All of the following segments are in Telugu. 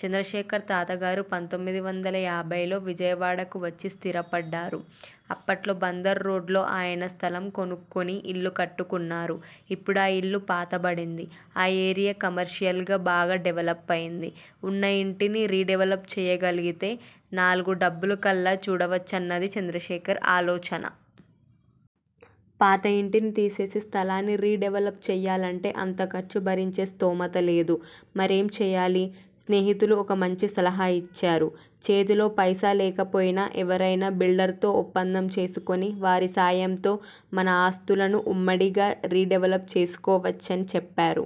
చంద్రశేఖర్ తాతగారు పంతొమ్మిది వందల యాభైల్లో విజయవాడకు వచ్చి స్థిరపడ్డారు. అప్పట్లో బందర్ రోడ్లో ఆయన స్థలం కొనుక్కొని ఇల్లు కట్టుకున్నారు. ఇప్పుడా ఇళ్లు పాతబడింది. ఆ ఏరియా కమర్షియల్గా బాగా డెవలప్ అయింది. ఉన్న ఇంటిని రీడెవలప్ చేయగలిగితే నాలుగు డబ్బులు కళ్ల జూడవచ్చన్నది చంద్రశేఖర్ ఆలోచన. పాత ఇంటిని తీసేసి స్థలాన్ని రీడెవలప్ చేయాలంటే అంత ఖర్చు భరించే స్తోమత లేదు. మరేం చేయాలి. స్నేహితులు ఒక మంచి సలహా ఇచ్చారు. చేతిలో పైసా లేకపోయినా, ఎవరైనా బిల్డర్తో ఒప్పందం చేసుకొని వారి సాయంతో మన ఆస్తులను ఉమ్మడిగా రీ డెవలప్ చేసుకోవచ్చని చెప్పారు.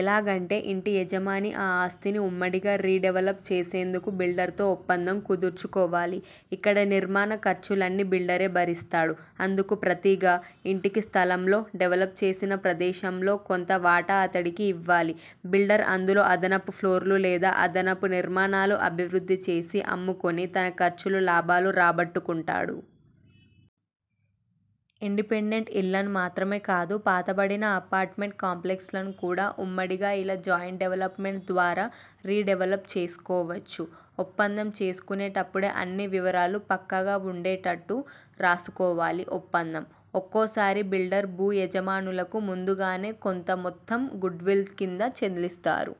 ఎలాగంటే, ఇంటి యజమాని ఆ ఆస్తిని ఉమ్మడిగా రీడెవలప్ చేసేందుకు బిల్డర్తో ఒప్పందం కుదుర్చుకోవాలి. ఇక్కడ నిర్మాణ ఖర్చులన్నీ బిల్డరే భరిస్తాడు. అందుకు ప్రతిగా ఇంటికి స్థలంలో, డెవలప్ చేసిన ప్రదేశం లో కొంత వాటా అతడికి ఇవ్వాలి. బిల్డర్ అందులో అదనపు ఫ్లోర్ లేదా అదనపు నిర్మాణాలు అభివృద్ధి చేసి అమ్ముకుని తన ఖర్చులు, లాభాలు రాబట్టుకుంటాడు. ఇండిపెండెంట్ ఇళ్లను మాత్రమే కాదు పాతబడిన అపార్ట్మెంట్ కాంప్లెక్స్లను కూడా ఉమ్మడిగా ఇలా జాయింట్ డెవల్పమెంట్ ద్వారా రీడెవలప్ చేసుకోవచ్చు. ఒప్పందం చేసుకునేటపుడే అన్ని వివరాలు పక్కాగా ఉండేటట్టు రాసుకోవాలి. ఒప్పందం.. ఒక్కోసారి బిల్డర్ భూ యజమానులకు ముందుగానే కొంత మొత్తం గుడ్విల్ కింద చెల్లిస్తారు.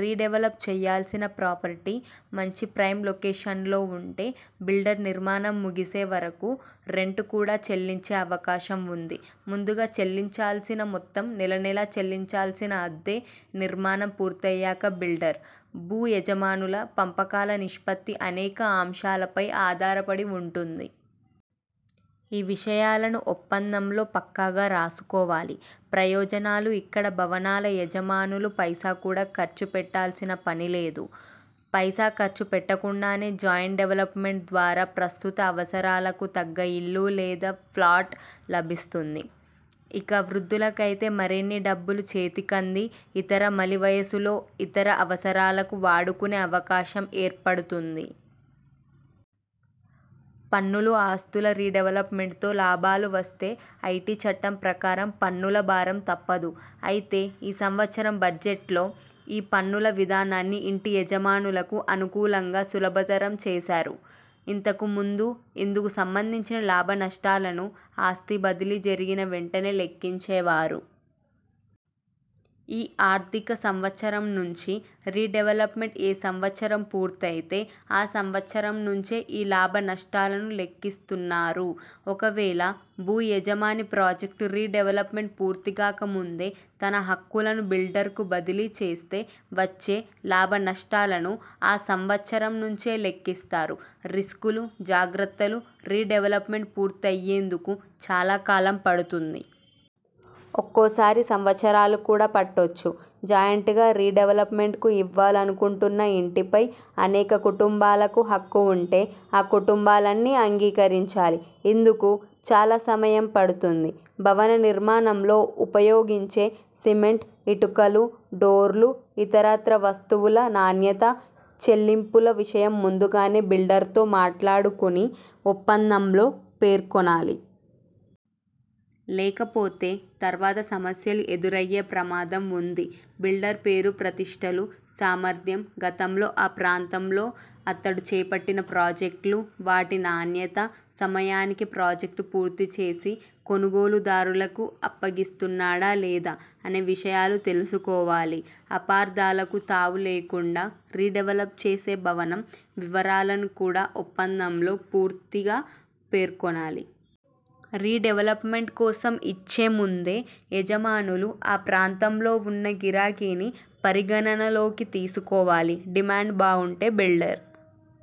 రీడెవలప్ చేయాల్సిన ప్రాపర్టీ మంచి ప్రైమ్ లొకేషన్లో ఉంటే బిల్డర్ నిర్మాణం ముగిసే వరకు రెంట్ కూడా చెల్లించే అవకాశం ఉంది. ముందుగా చెల్లించాల్సిన మొత్తం, నెలనెలా చెల్లించాల్సిన అద్దె, నిర్మాణం పూర్తయ్యాక బిల్డర్, భూ యజమానుల పంపకాల నిష్పత్తి అనేక అంశాలపై ఆధారపడి ఉంటుంది. ఈ విషయాలనూ ఒప్పందంలో పక్కాగా రాసుకోవాలి. ప్రయోజనాలు ఇక్కడ భవనాల యజమానులు పైసా కూడా ఖర్చు పెట్టాల్సిన పని లేదు. పైసా ఖర్చు పెట్టకుండానే జాయింట్ డెవలప్మెంట్ ద్వారా ప్రస్తుత అవసరాలకు తగ్గ ఇల్లు లేదా ఫ్లాట్ లభిస్తుంది. ఇక వృద్ధులకైతే మరిన్ని డబ్బులు చేతికంది ఇతర మలి వయసులో ఇతర అవసరాలకు వాడుకునే అవకాశం ఏర్పడుతుంది. పన్నులు ఆస్తుల రీడెవలప్మెంట్తో లాభాలు వస్తే ఐటి చట్టం ప్రకారం పన్నుల భారం తప్పదు. అయితే ఈ సంవత్సరం బడ్జెట్లో ఈ పన్నుల విధానాన్ని ఇంటి యజమానులకు అనుకూలంగా సులభతరం చేశారు. ఇంతకు ముందు ఇందుకు సంబంధించిన లాభనష్టాలను ఆస్తి బదిలీ జరిగిన వెంటనే లెక్కించే వారు. ఈ ఆర్థిక సంవత్సరం నుంచి రీడెవల్పమెంట్ ఏ సంవత్సరం పూర్తయితే ఆ సంవత్సరం నుంచే ఈ లాభనష్టాలను లెక్కిస్తున్నారు. ఒకవేళ భూ యజమాని ప్రాజెక్టు రీడెవల్పమెంట్ పూర్తిగాక ముందే తన హక్కులను బిల్డర్కు బదిలీ చేస్తే వచ్చే లాభనష్టాలను ఆ సంవత్సరం నుంచే లెక్కిస్తారు. రిస్కులు జాగ్రత్తలు రీడెవలప్మెంట్ పూర్తయ్యేందుకు చాలా కాలం పడుతుంది. ఒక్కోసారి సంవత్సరాలు కూడా పట్టొచ్చు. జాయింట్గా రీడెవలప్మెంట్కు ఇవ్వాలనుకుంటున్న ఇంటిపై అనేక కుటుంబాలకు హక్కు ఉంటే ఆ కుటుంబాలన్నీ అంగీకరించాలి. ఇందుకు చాలా సమయం పడుతుంది. భవన నిర్మాణంలో ఉపయోగించే సిమెంట్, ఇటుకలు, డోర్లు, ఇతరత్రా వస్తువుల నాణ్యత, చెల్లింపుల విషయం ముందుగానే బిల్డర్తో మాట్లాడుకుని ఒప్పందంలో పేర్కొనాలి. లేకపోతే తర్వాత సమస్యలు ఎదురయ్యే ప్రమాదం ఉంది. బిల్డర్ పేరు ప్రతిష్ఠలు, సామర్థ్యం, గతంలో ఆ ప్రాంతంలో అతడు చేపట్టిన ప్రాజెక్టులు, వాటి నాణ్యత, సమయానికి ప్రాజెక్టు పూర్తి చేసి కొనుగోలుదారులకు అప్పగిస్తున్నాడా? లేదా? అనే విషయాలూ తెలుసుకోవాలి. అపార్థాలకు తావు లేకుండా రీడెవలప్ చేసే భవనం వివరాలను కూడా ఒప్పందంలో పూర్తిగా పేర్కొనాలి. రీడెవలప్మెంట్ కోసం ఇచ్చే ముందే యజమానులు ఆ ప్రాంతంలో ఉన్న గిరాకీని పరిగణనలోకి తీసుకోవాలి. డిమాండ్ బాగుంటే బిల్డర్